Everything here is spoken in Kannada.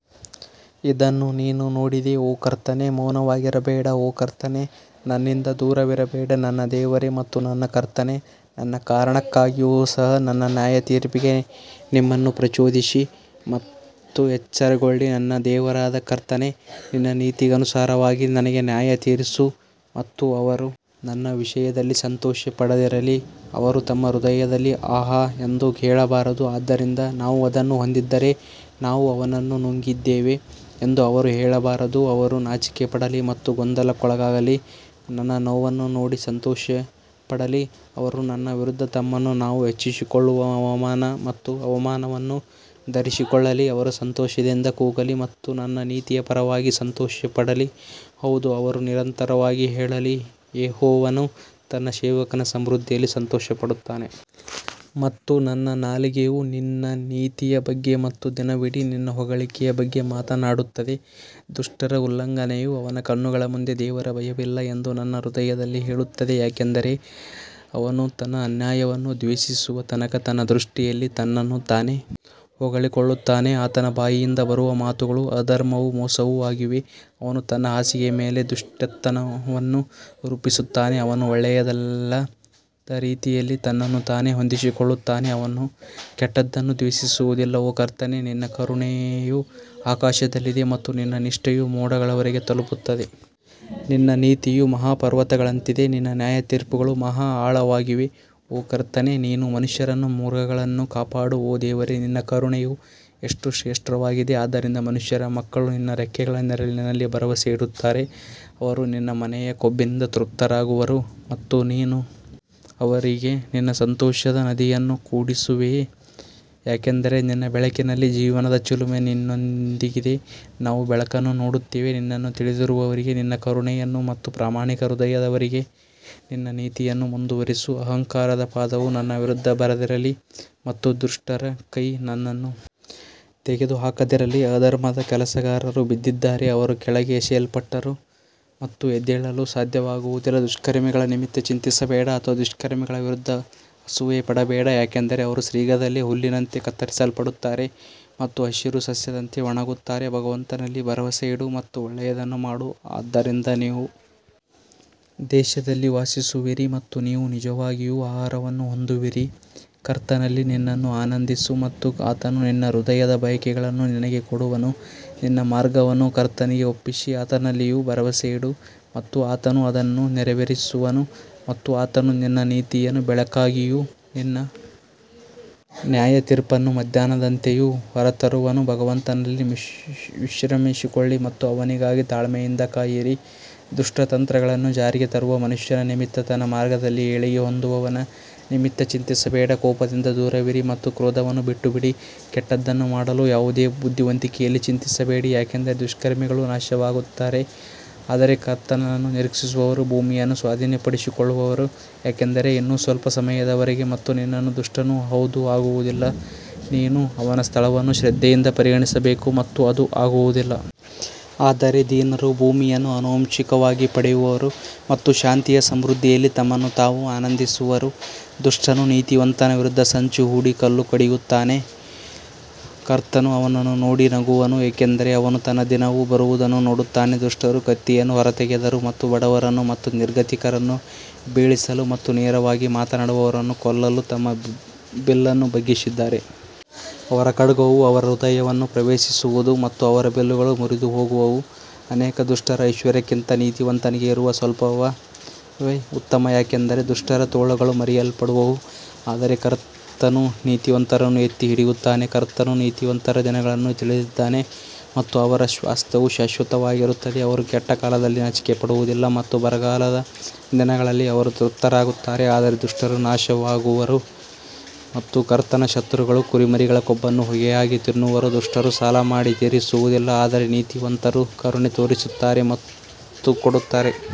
ಇದನ್ನು ನೀನು ನೋಡಿದೆ ಓ ಕರ್ತನೇ ಮೌನವಾಗಿರಬೇಡ ಓ ಕರ್ತನೇ ನನ್ನಿಂದ ದೂರವಿರಬೇಡ ನನ್ನ ದೇವರೇ ಮತ್ತು ನನ್ನ ಕರ್ತನೇ, ನನ್ನ ಕಾರಣಕ್ಕಾಗಿಯೂ ಸಹ ನನ್ನ ನ್ಯಾಯತೀರ್ಪಿಗೆ ನಿಮ್ಮನ್ನು ಪ್ರಚೋದಿಸಿ ಮತ್ತು ಎಚ್ಚರಗೊಳ್ಳಿ ನನ್ನ ದೇವರಾದ ಕರ್ತನೇ ನಿನ್ನ ನೀತಿಗನುಸಾರವಾಗಿ ನನಗೆ ನ್ಯಾಯತೀರಿಸು ಮತ್ತು ಅವರು ನನ್ನ ವಿಷಯದಲ್ಲಿ ಸಂತೋಷಪಡದಿರಲಿ ಅವರು ತಮ್ಮ ಹೃದಯದಲ್ಲಿ ಆಹ್ ಎಂದು ಹೇಳಬಾರದು, ಆದ್ದರಿಂದ ನಾವು ಅದನ್ನು ಹೊಂದಿದ್ದರೆ ನಾವು ಅವನನ್ನು ನುಂಗಿದ್ದೇವೆ ಎಂದು ಅವರು ಹೇಳಬಾರದು ಅವರು ನಾಚಿಕೆಪಡಲಿ ಮತ್ತು ಗೊಂದಲಕ್ಕೊಳಗಾಗಲಿ, ನನ್ನ ನೋವನ್ನು ನೋಡಿ ಸಂತೋಷಪಡಲಿ, ಅವರು ನನ್ನ ವಿರುದ್ಧ ತಮ್ಮನ್ನು ತಾವು ಹೆಚ್ಚಿಸಿಕೊಳ್ಳುವ ಅವಮಾನ ಮತ್ತು ಅವಮಾನವನ್ನು ಧರಿಸಿಕೊಳ್ಳಲಿ ಅವರು ಸಂತೋಷದಿಂದ ಕೂಗಲಿ ಮತ್ತು ನನ್ನ ನೀತಿಯ ಪರವಾಗಿ ಸಂತೋಷಪಡಲಿ, ಹೌದು ಅವರು ನಿರಂತರವಾಗಿ ಹೇಳಲಿ, ಯೆಹೋವನು ತನ್ನ ಸೇವಕನ ಸಮೃದ್ಧಿಯಲ್ಲಿ ಸಂತೋಷಪಡುತ್ತಾನೆ. ಮತ್ತು ನನ್ನ ನಾಲಿಗೆಯು ನಿನ್ನ ನೀತಿಯ ಬಗ್ಗೆ ಮತ್ತು ದಿನವಿಡೀ ನಿನ್ನ ಹೊಗಳಿಕೆಯ ಬಗ್ಗೆ ಮಾತನಾಡುತ್ತದೆ ದುಷ್ಟರ ಉಲ್ಲಂಘನೆಯು ಅವನ ಕಣ್ಣುಗಳ ಮುಂದೆ ದೇವರ ಭಯವಿಲ್ಲ ಎಂದು ನನ್ನ ಹೃದಯದಲ್ಲಿ ಹೇಳುತ್ತದೆ ಯಾಕಂದರೆ ಅವನು ತನ್ನ ಅನ್ಯಾಯವನ್ನು ದ್ವೇಷಿಸುವ ತನಕ ತನ್ನ ದೃಷ್ಟಿಯಲ್ಲಿ ತನ್ನನ್ನು ತಾನೇ ಹೊಗಳಿಕೊಳ್ಳುತ್ತಾನೆ ಆತನ ಬಾಯಿಂದ ಬರುವ ಮಾತುಗಳು ಅಧರ್ಮವೂ ಮೋಸವೂ ಆಗಿವೆ, ಅವನು ತನ್ನ ಹಾಸಿಗೆಯ ಮೇಲೆ ದುಷ್ಕೃತ್ಯವನ್ನು ರೂಪಿಸುತ್ತಾನೆ, ಅವನು ಒಳ್ಳೆಯದಲ್ಲದ ರೀತಿಯಲ್ಲಿ ತನ್ನನ್ನು ತಾನೇ ಹೊಂದಿಸಿಕೊಳ್ಳುತ್ತಾನೆ, ಅವನು ಕೆಟ್ಟದ್ದನ್ನು ದ್ವೇಷಿಸುವುದಿಲ್ಲ ಓ ಕರ್ತನೇ ನಿನ್ನ ಕರುಣೆಯು ಆಕಾಶದಲ್ಲಿದೆ ಮತ್ತು ನಿನ್ನ ನಿಷ್ಠೆಯು ಮೋಡಗಳವರೆಗೆ ತಲುಪುತ್ತದೆ ನಿನ್ನ ನೀತಿಯು ಮಹಾಪರ್ವತಗಳಂತಿದೆ ನಿನ್ನ ನ್ಯಾಯತೀರ್ಪುಗಳು ಮಹಾ ಆಳವಾಗಿವೆ ಓ ಕರ್ತನೇ ನೀನು ಮನುಷ್ಯರನ್ನೂ ಮೃಗಗಳನ್ನೂ ಕಾಪಾಡು ಓ ದೇವರೇ ನಿನ್ನ ಕರುಣೆಯು ಎಷ್ಟು ಶ್ರೇಷ್ಠವಾಗಿದೆ, ಆದ್ದರಿಂದ ಮನುಷ್ಯರ ಮಕ್ಕಳು ನಿನ್ನ ರೆಕ್ಕೆಗಳ ನೆರಳಿನಲ್ಲಿ ಭರವಸೆಯಿಡುತ್ತಾರೆ ಅವರು ನಿನ್ನ ಮನೆಯ ಕೊಬ್ಬಿನಿಂದ ತೃಪ್ತರಾಗುವರು ಮತ್ತು ನೀನು ಅವರಿಗೆ ನಿನ್ನ ಸಂತೋಷದ ನದಿಯನ್ನು ಕುಡಿಸುವೆ ಯಾಕಂದರೆ ನಿನ್ನ ಬೆಳಕಿನಲ್ಲಿ ಜೀವನದ ಚಿಲುಮೆ ನಿನ್ನೊಂದಿಗಿದೆ ನಾವು ಬೆಳಕನ್ನು ನೋಡುತ್ತೇವೆ ನಿನ್ನನ್ನು ತಿಳಿದಿರುವವರಿಗೆ ನಿನ್ನ ಕರುಣೆಯನ್ನು ಮತ್ತು ಪ್ರಾಮಾಣಿಕ ಹೃದಯದವರಿಗೆ ನಿನ್ನ ನೀತಿಯನ್ನು ಮುಂದುವರಿಸು ಅಹಂಕಾರದ ಪಾದವು ನನ್ನ ವಿರುದ್ಧ ಬರದಿರಲಿ ಮತ್ತು ದುಷ್ಟರ ಕೈ ನನ್ನನ್ನು ತೆಗೆದುಹಾಕದಿರಲಿ ಅಧರ್ಮದ ಕೆಲಸಗಾರರು ಬಿದ್ದಿದ್ದಾರೆ ಅವರು ಕೆಳಗೆ ಎಸೆಯಲ್ಪಟ್ಟರು ಮತ್ತು ಎದ್ದೇಳಲು ಸಾಧ್ಯವಾಗುವುದಿಲ್ಲ ದುಷ್ಕರ್ಮಿಗಳ ನಿಮಿತ್ತ ಚಿಂತಿಸಬೇಡ ಅಥವಾ ದುಷ್ಕರ್ಮಿಗಳ ವಿರುದ್ಧ ಅಸೂಯೆಪಡಬೇಡ ಯಾಕಂದರೆ ಅವರು ಶೀಘ್ರದಲ್ಲೇ ಹುಲ್ಲಿನಂತೆ ಕತ್ತರಿಸಲ್ಪಡುತ್ತಾರೆ ಮತ್ತು ಹಸಿರು ಸಸ್ಯದಂತೆ ಒಣಗುತ್ತಾರೆ ಭಗವಂತನಲ್ಲಿ ಭರವಸೆಯಿಡು ಮತ್ತು ಒಳ್ಳೆಯದನ್ನು ಮಾಡು, ಆದ್ದರಿಂದ ನೀವು ದೇಶದಲ್ಲಿ ವಾಸಿಸುವಿರಿ ಮತ್ತು ನೀವು ನಿಜವಾಗಿಯೂ ಆಹಾರವನ್ನು ಹೊಂದುವಿರಿ ಕರ್ತನಲ್ಲಿ ನಿನ್ನನ್ನು ಆನಂದಿಸು ಮತ್ತು ಆತನು ನಿನ್ನ ಹೃದಯದ ಬಯಕೆಗಳನ್ನು ನಿನಗೆ ಕೊಡುವನು ನಿನ್ನ ಮಾರ್ಗವನ್ನು ಕರ್ತನಿಗೆ ಒಪ್ಪಿಸಿ ಆತನಲ್ಲಿಯೂ ಭರವಸೆಯಿಡು ಮತ್ತು ಆತನು ಅದನ್ನು ನೆರವೇರಿಸುವನು ಮತ್ತು ಆತನು ನಿನ್ನ ನೀತಿಯನ್ನು ಬೆಳಕಾಗಿಯೂ ನಿನ್ನ ನ್ಯಾಯತೀರ್ಪನ್ನು ಮಧ್ಯಾಹ್ನದಂತೆಯೂ ಹೊರತರುವನು ಭಗವಂತನಲ್ಲಿ ವಿಶ್ರಮಿಸಿಕೊಳ್ಳಿ ಮತ್ತು ಅವನಿಗಾಗಿ ತಾಳ್ಮೆಯಿಂದ ಕಾಯಿರಿ, ದುಷ್ಟ ತಂತ್ರಗಳನ್ನು ಜಾರಿಗೆ ತರುವ ಮನುಷ್ಯನ ನಿಮಿತ್ತ ತನ್ನ ಮಾರ್ಗದಲ್ಲಿ ಏಳಿಗೆ ಹೊಂದುವವನ ನಿಮಿತ್ತ ಚಿಂತಿಸಬೇಡ ಕೋಪದಿಂದ ದೂರವಿರಿ ಮತ್ತು ಕ್ರೋಧವನ್ನು ಬಿಟ್ಟುಬಿಡಿ, ಕೆಟ್ಟದ್ದನ್ನು ಮಾಡಲು ಯಾವುದೇ ಬುದ್ಧಿವಂತಿಕೆಯಲ್ಲಿ ಚಿಂತಿಸಬೇಡಿ ಯಾಕಂದರೆ ದುಷ್ಕರ್ಮಿಗಳು ನಾಶವಾಗುತ್ತಾರೆ ಆದರೆ ಕರ್ತನನ್ನು ನಿರೀಕ್ಷಿಸುವವರು ಭೂಮಿಯನ್ನು ಸ್ವಾಧೀನಪಡಿಸಿಕೊಳ್ಳುವರು ಯಾಕಂದರೆ ಇನ್ನೂ ಸ್ವಲ್ಪ ಸಮಯದವರೆಗೆ ಮತ್ತು ದುಷ್ಟನು ಹೌದು ಆಗುವುದಿಲ್ಲ, ನೀನು ಅವನ ಸ್ಥಳವನ್ನು ಶ್ರದ್ಧೆಯಿಂದ ಪರಿಗಣಿಸಬೇಕು ಮತ್ತು ಅದು ಆಗುವುದಿಲ್ಲ. ಆದರೆ ದೀನರು ಭೂಮಿಯನ್ನು ಆನುವಂಶಿಕವಾಗಿ ಪಡೆಯುವರು ಮತ್ತು ಶಾಂತಿಯ ಸಮೃದ್ಧಿಯಲ್ಲಿ ತಮ್ಮನ್ನು ತಾವು ಆನಂದಿಸುವರು ದುಷ್ಟನು ನೀತಿವಂತನ ವಿರುದ್ಧ ಸಂಚು ಹೂಡಿ ಹಲ್ಲು ಕಡಿಯುತ್ತಾನೆ ಕರ್ತನು ಅವನನ್ನು ನೋಡಿ ನಗುವನು ಏಕೆಂದರೆ ಅವನು ತನ್ನ ದಿನವು ಬರುವುದನ್ನು ನೋಡುತ್ತಾನೆ ದುಷ್ಟರು ಕತ್ತಿಯನ್ನು ಹೊರತೆಗೆದರು ಮತ್ತು ಬಡವರನ್ನು ಮತ್ತು ನಿರ್ಗತಿಕರನ್ನು ಬೀಳಿಸಲು ಮತ್ತು ನೇರವಾಗಿ ಮಾತನಾಡುವವರನ್ನು ಕೊಲ್ಲಲು ತಮ್ಮ ಬಿಲ್ಲನ್ನು ಬಗ್ಗಿಸಿದ್ದಾರೆ. ಅವರ ಖಡ್ಗವು ಅವರ ಹೃದಯವನ್ನು ಪ್ರವೇಶಿಸುವದು ಮತ್ತು ಅವರ ಬಿಲ್ಲುಗಳು ಮುರಿದುಹೋಗುವವು ಅನೇಕ ದುಷ್ಟರ ಐಶ್ವರ್ಯಕ್ಕಿಂತ ನೀತಿವಂತನಿಗೆ ಇರುವ ಸ್ವಲ್ಪವೇ ಉತ್ತಮ ಯಾಕಂದರೆ ದುಷ್ಟರ ತೋಳುಗಳು ಮುರಿಯಲ್ಪಡುವವು ಆದರೆ ಕರ್ತನು ನೀತಿವಂತರನ್ನು ಎತ್ತಿ ಹಿಡಿಯುತ್ತಾನೆ ಕರ್ತನು ನೀತಿವಂತರ ದಿನಗಳನ್ನು ತಿಳಿದಿದ್ದಾನೆ ಮತ್ತು ಅವರ ಸ್ವಾಸ್ತ್ಯವು ಶಾಶ್ವತವಾಗಿರುತ್ತದೆ ಅವರು ಕೆಟ್ಟ ಕಾಲದಲ್ಲಿ ನಾಚಿಕೆಪಡುವದಿಲ್ಲ ಮತ್ತು ಬರಗಾಲದ ದಿನಗಳಲ್ಲಿ ಅವರು ತೃಪ್ತರಾಗುತ್ತಾರೆ ಆದರೆ ದುಷ್ಟರು ನಾಶವಾಗುವರು ಮತ್ತು ಕರ್ತನ ಶತ್ರುಗಳು ಕುರಿಮರಿಗಳ ಕೊಬ್ಬನ್ನು ಹೊಗೆಯಾಗಿ ತಿನ್ನುವರು ದುಷ್ಟರು ಸಾಲ ಮಾಡಿ ತೀರಿಸುವುದಿಲ್ಲ ಆದರೆ ನೀತಿವಂತರು ಕರುಣೆ ತೋರಿಸುತ್ತಾರೆ ಮತ್ತು ಕೊಡುತ್ತಾರೆ.